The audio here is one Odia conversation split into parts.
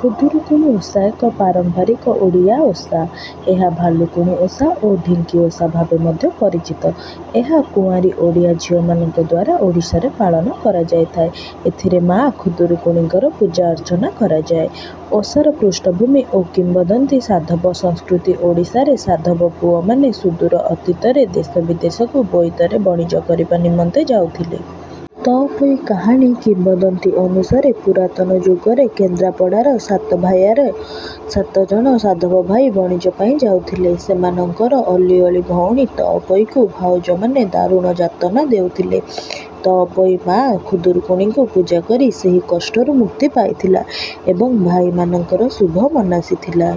ଖୁଦୁରୁକୁଣି ଓଷା ଏକ ପାରମ୍ପାରିକ ଓଡ଼ିଆ ଓଷା। ଏହା 'ଭାଲୁକୁଣି ଓଷା' ଓ 'ଢିଙ୍କି ଓଷା' ଭାବେ ମଧ୍ୟ ପରିଚିତ। ଏହା କୁଆଁରୀ ଓଡ଼ିଆ ଝିଅମାନଙ୍କ ଦ୍ୱାରା ଓଡ଼ିଶାରେ ପାଳନ କରାଯାଇଥାଏ। ଏଥିରେ ମା' ଖୁଦୁରୁକୁଣିଙ୍କର ପୂଜା-ଅର୍ଚ୍ଚନା କରାଯାଏ। ଓଷାର ପୃଷ୍ଠଭୂମି ଓ କିମ୍ବଦନ୍ତୀ ସାଧବ ସଂସ୍କୃତି ଓଡ଼ିଶାରେ ସାଧବ ପୁଅମାନେ ସୁଦୂର ଅତୀତରେ ଦେଶବିଦେଶକୁ ବୋଇତରେ ବଣିଜ କରିବା ନିମନ୍ତେ ଯାଉଥିଲେ। ତଅପୋଇ କାହାଣୀ କିମ୍ବଦନ୍ତୀ ଅନୁସାରେ ପୁରାତନ ଯୁଗରେ କେନ୍ଦ୍ରାପଡ଼ାର ସାତଭାୟାର ସାତଜଣ ସାଧବ ଭାଇ ବଣିଜ ପାଇଁ ଯାଉଥିଲେ। ସେମାନଙ୍କର ଅଲିଅଳି ଭଉଣୀ ତଅପୋଇକୁ ଭାଉଜମାନେ ଦାରୁଣ ଯାତନା ଦେଉଥିଲେ। ତଅପୋଇ ମା' ଖୁଦୁରୁକୁଣିଙ୍କୁ ପୂଜା କରି ସେହି କଷ୍ଟରୁ ମୁକ୍ତି ପାଇଥିଲା ଏବଂ ଭାଇମାନଙ୍କର ଶୁଭ ମନାସିଥିଲା।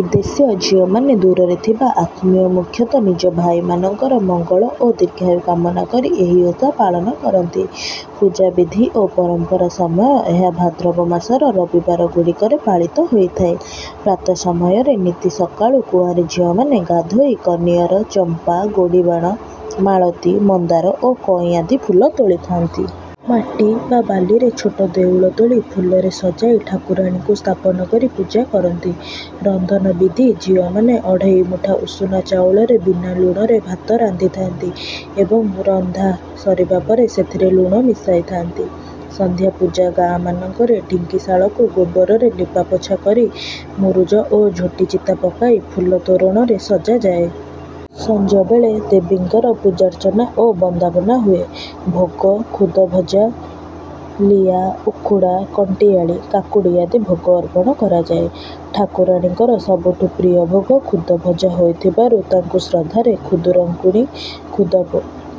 ଉଦ୍ଦେଶ୍ୟ ଝିଅମାନେ ଦୂରରେ ଥିବା ଆତ୍ମୀୟ, ମୁଖ୍ୟତଃ ନିଜ ଭାଇମାନଙ୍କର ମଙ୍ଗଳ ଓ ଦୀର୍ଘାୟୁ କାମନା କରି ଏହି ଓଷା ପାଳନ କରନ୍ତି। ପୂଜାବିଧି ଓ ପରମ୍ପରାସମୟ ଏହା ଭାଦ୍ରବ ମାସର ରବିବାରଗୁଡ଼ିକରେ ପାଳିତ ହୋଇଥାଏ। ପ୍ରାତଃ ସମୟର ନୀତି ସକାଳୁ କୁଆଁରୀ ଝିଅମାନେ ଗାଧୋଇ କନିଅର, ଚମ୍ପା, ଗୋଡ଼ିବାଣ, ମାଳତୀ, ମନ୍ଦାର ଓ କଇଁ ଆଦି ଫୁଲ ତୋଳିଥାନ୍ତି। ମାଟି ବା ବାଲିରେ ଛୋଟ ଦେଉଳ ତୋଳି, ଫୁଲରେ ସଜାଇ ଠାକୁରାଣୀଙ୍କୁ ସ୍ଥାପନ କରି ପୂଜା କରନ୍ତି। ରନ୍ଧନ ବିଧି ଝିଅମାନେ ଅଢ଼େଇ ମୁଠା ଉଷୁନା ଚାଉଳରେ ବିନା ଲୁଣରେ ଭାତ ରାନ୍ଧିଥାନ୍ତି ଏବଂ ରନ୍ଧା ସରିବା ପରେ ସେଥିରେ ଲୁଣ ମିଶାଇଥାନ୍ତି। ସନ୍ଧ୍ୟା ପୂଜା ଗାଁମାନଙ୍କରେ ଢିଙ୍କିଶାଳକୁ ଗୋବରରେ ଲିପାପୋଛା କରି, ମୁରୁଜ ଓ ଝୋଟି ଚିତା ପକାଇ, ଫୁଲ ତୋରଣରେ ସଜାଯାଏ। ସଞ୍ଜବେଳେ ଦେବୀଙ୍କର ପୂଜାର୍ଚ୍ଚନା ଓ ବନ୍ଦାପନା ହୁଏ। ଭୋଗ ଖୁଦ ଭଜା, ଲିଆ, ଉଖୁଡ଼ା, କଣ୍ଟିଆଳି କାକୁଡ଼ି ଆଦି ଭୋଗ ଅର୍ପଣ କରାଯାଏ। ଠାକୁରାଣୀଙ୍କର ସବୁଠୁ ପ୍ରିୟ ଭୋଗ 'ଖୁଦଭଜା' ହୋଇଥିବାରୁ ତାଙ୍କୁ ଶ୍ରଦ୍ଧାରେ ଖୁଦରଙ୍କୁଣି, ଖୁଦ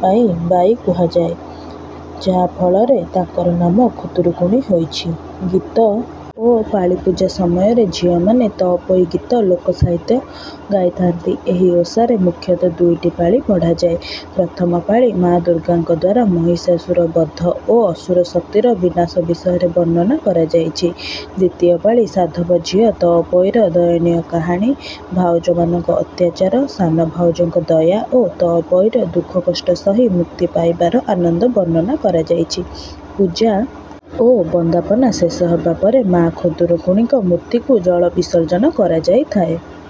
ପାଇଁ ବାଇ କୁହାଯାଏ, ଯାହାଫଳରେ ତାଙ୍କ ନାମ 'ଖୁଦୁରୁକୁଣି' ହୋଇଛି। ଗୀତ ଓ ପାଳି ପୂଜା ସମୟରେ ଝିଅମାନେ 'ତଅପୋଇ ଗୀତ' ଲୋକସାହିତ୍ୟ ଗାଇଥାନ୍ତି। ଏହି ଓଷାରେ ମୁଖ୍ୟତଃ ଦୁଇଟି ପାଳି ପଢ଼ାଯାଏ। ପ୍ରଥମ ପାଳି ମା' ଦୁର୍ଗାଙ୍କ ଦ୍ୱାରା ମହିଷାସୁର ବଧ ଓ ଅସୁର ଶକ୍ତିର ବିନାଶ ବିଷୟରେ ବର୍ଣ୍ଣନା କରାଯାଇଛି। ଦ୍ୱିତୀୟ ପାଳି ସାଧବ ଝିଅ ତଅପୋଇର ଦୟନୀୟ କାହାଣୀ, ଭାଉଜମାନଙ୍କ ଅତ୍ୟାଚାର, ସାନ ଭାଉଜଙ୍କ ଦୟା ଓ ତଅପୋଇର ଦୁଃଖକଷ୍ଟ ସହି ମୁକ୍ତି ପାଇବାର ଆନନ୍ଦ ବର୍ଣ୍ଣନା କରାଯାଇଛି। ପୂଜା ଓ ବନ୍ଦାପନା ଶେଷ ହେବା ପରେ ମା' ଖୁଦୁରୁକୁଣିଙ୍କ ମୂର୍ତ୍ତିକୁ ଜଳ-ବିସର୍ଜନ କରାଯାଇଥାଏ।